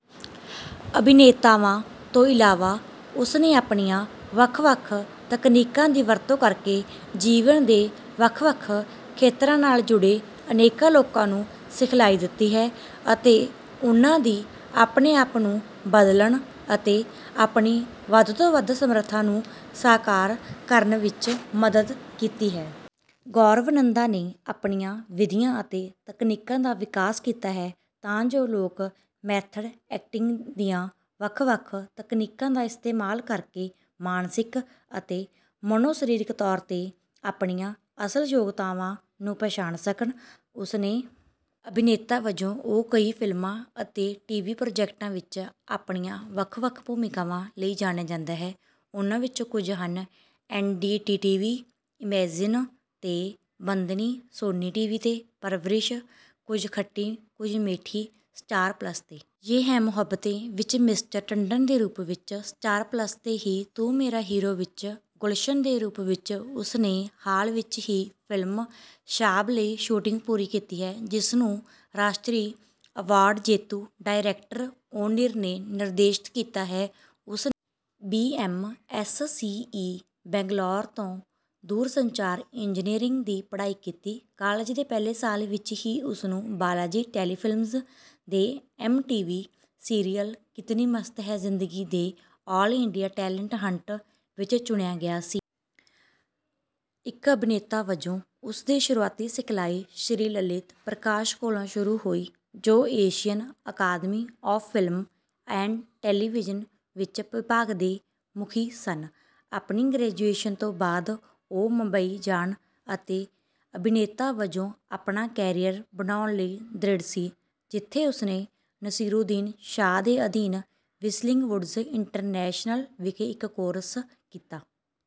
ਅਭਿਨੇਤਾਵਾਂ ਤੋਂ ਇਲਾਵਾ, ਉਸਨੇ ਆਪਣੀਆਂ ਵੱਖ-ਵੱਖ ਤਕਨੀਕਾਂ ਦੀ ਵਰਤੋਂ ਕਰਕੇ ਜੀਵਨ ਦੇ ਵੱਖ-ਵੱਖ ਖੇਤਰਾਂ ਨਾਲ ਜੁੜੇ ਅਨੇਕਾਂ ਲੋਕਾਂ ਨੂੰ ਸਿਖਲਾਈ ਦਿੱਤੀ ਹੈ ਅਤੇ ਉਨ੍ਹਾਂ ਦੀ ਆਪਣੇ ਆਪ ਨੂੰ ਬਦਲਣ ਅਤੇ ਆਪਣੀ ਵੱਧ ਤੋਂ ਵੱਧ ਸਮਰੱਥਾ ਨੂੰ ਸਾਕਾਰ ਕਰਨ ਵਿੱਚ ਮਦਦ ਕੀਤੀ ਹੈ। ਗੌਰਵ ਨੰਦਾ ਨੇ ਆਪਣੀਆਂ ਵਿਧੀਆਂ ਅਤੇ ਤਕਨੀਕਾਂ ਦਾ ਵਿਕਾਸ ਕੀਤਾ ਹੈ ਤਾਂ ਜੋ ਲੋਕ ਮੈਥਡ ਐਕਟਿੰਗ ਦੀਆਂ ਵੱਖ-ਵੱਖ ਤਕਨੀਕਾਂ ਦਾ ਇਸਤੇਮਾਲ ਕਰਕੇ ਮਾਨਸਿਕ ਅਤੇ ਮਨੋਸਰੀਰਿਕ ਤੌਰ 'ਤੇ ਆਪਣੀਆਂ ਅਸਲ ਯੋਗਤਾਵਾਂ ਨੂੰ ਪਛਾਣ ਸਕਣ। ਉਸਨੇ ਅਭਿਨੇਤਾ ਵਜੋਂ, ਉਹ ਕਈ ਫਿਲਮਾਂ ਅਤੇ ਟੀਵੀ ਪ੍ਰੋਜੈਕਟਾਂ ਵਿੱਚ ਆਪਣੀਆਂ ਵੱਖ-ਵੱਖ ਭੂਮਿਕਾਵਾਂ ਲਈ ਜਾਣਿਆ ਜਾਂਦਾ ਹੈ; ਉਨ੍ਹਾਂ ਵਿੱਚੋਂ ਕੁੱਝ ਹਨ:ਐਨ.ਡੀ.ਟੀ.ਵੀ ਇਮੇਜਿਨ 'ਤੇ 'ਬੰਦਿਨੀ'ਸੋਨੀ ਟੀਵੀ 'ਤੇ 'ਪਰਵਰਿਸ਼ - ਕੁੱਛ ਖੱਟੀ ਕੁੱਛ ਮਿੱਠੀ'ਸਟਾਰ ਪਲੱਸ 'ਤੇ 'ਯੇਹ ਹੈ ਮੁਹੱਬਤੇਂ' ਵਿੱਚ 'ਮਿਸਟਰ ਟੰਡਨ' ਦੇ ਰੂਪ ਵਿੱਚਸਟਾਰ ਪਲੱਸ 'ਤੇ ਹੀ 'ਤੂ ਮੇਰਾ ਹੀਰੋ' ਵਿੱਚ 'ਗੁਲਸ਼ਨ' ਦੇ ਰੂਪ ਵਿੱਚਉਸਨੇ ਹਾਲ ਹੀ ਵਿੱਚ ਫਿਲਮ 'ਸ਼ਾਬ' ਲਈ ਸ਼ੂਟਿੰਗ ਪੂਰੀ ਕੀਤੀ ਹੈ, ਜਿਸ ਨੂੰ ਰਾਸ਼ਟਰੀ ਅਵਾਰਡ ਜੇਤੂ ਡਾਇਰੈਕਟਰ ਓਨਿਰ ਨੇ ਨਿਰਦੇਸ਼ਤ ਕੀਤਾ ਹੈ। ਉਸਨੇ ਬੀ.ਐਮ.ਐਸ.ਸੀ.ਈ ਬੰਗਲੌਰ ਤੋਂ ਦੂਰਸੰਚਾਰ ਇੰਜੀਨੀਅਰਿੰਗ ਦੀ ਪੜ੍ਹਾਈ ਕੀਤੀ। ਕਾਲਜ ਦੇ ਪਹਿਲੇ ਸਾਲ ਵਿੱਚ ਹੀ ਉਸਨੂੰ ਬਾਲਾਜੀ ਟੈਲੀਫਿਲਮਜ਼ ਦੇ ਐੱਮ.ਟੀ.ਵੀ. ਸੀਰੀਅਲ 'ਕਿਤਨੀ ਮਸਤ ਹੈ ਜ਼ਿੰਦਗੀ' ਦੇ 'ਆਲ ਇੰਡੀਆ ਟੈਲੇਂਟ ਹੰਟ' ਵਿੱਚ ਚੁਣਿਆ ਗਿਆ ਸੀ। ਇੱਕ ਅਭਿਨੇਤਾ ਵਜੋਂ ਉਸਦੀ ਸ਼ੁਰੂਆਤੀ ਸਿਖਲਾਈ ਸ਼੍ਰੀ ਲਲਿਤ ਪ੍ਰਕਾਸ਼ ਕੋਲੋਂ ਸ਼ੁਰੂ ਹੋਈ, ਜੋ Asian academy of film and television ਵਿੱਚ ਵਿਭਾਗ ਦੇ ਮੁਖੀ ਸਨ। ਆਪਣੀ ਗ੍ਰੈਜੂਏਸ਼ਨ ਤੋਂ ਬਾਅਦ, ਉਹ ਮੁੰਬਈ ਜਾਣ ਅਤੇ ਅਭਿਨੇਤਾ ਵਜੋਂ ਆਪਣਾ ਕੈਰੀਅਰ ਬਣਾਉਣ ਲਈ ਦ੍ਰਿੜ ਸੀ, ਜਿੱਥੇ ਉਸਨੇ ਨਸੀਰੂਦੀਨ ਸ਼ਾਹ ਦੇ ਅਧੀਨ 'ਵਿਸਲਿੰਗ ਵੁਡਸ ਇੰਟਰਨੈਸ਼ਨਲ' ਵਿਖੇ ਇੱਕ ਕੋਰਸ ਕੀਤਾ।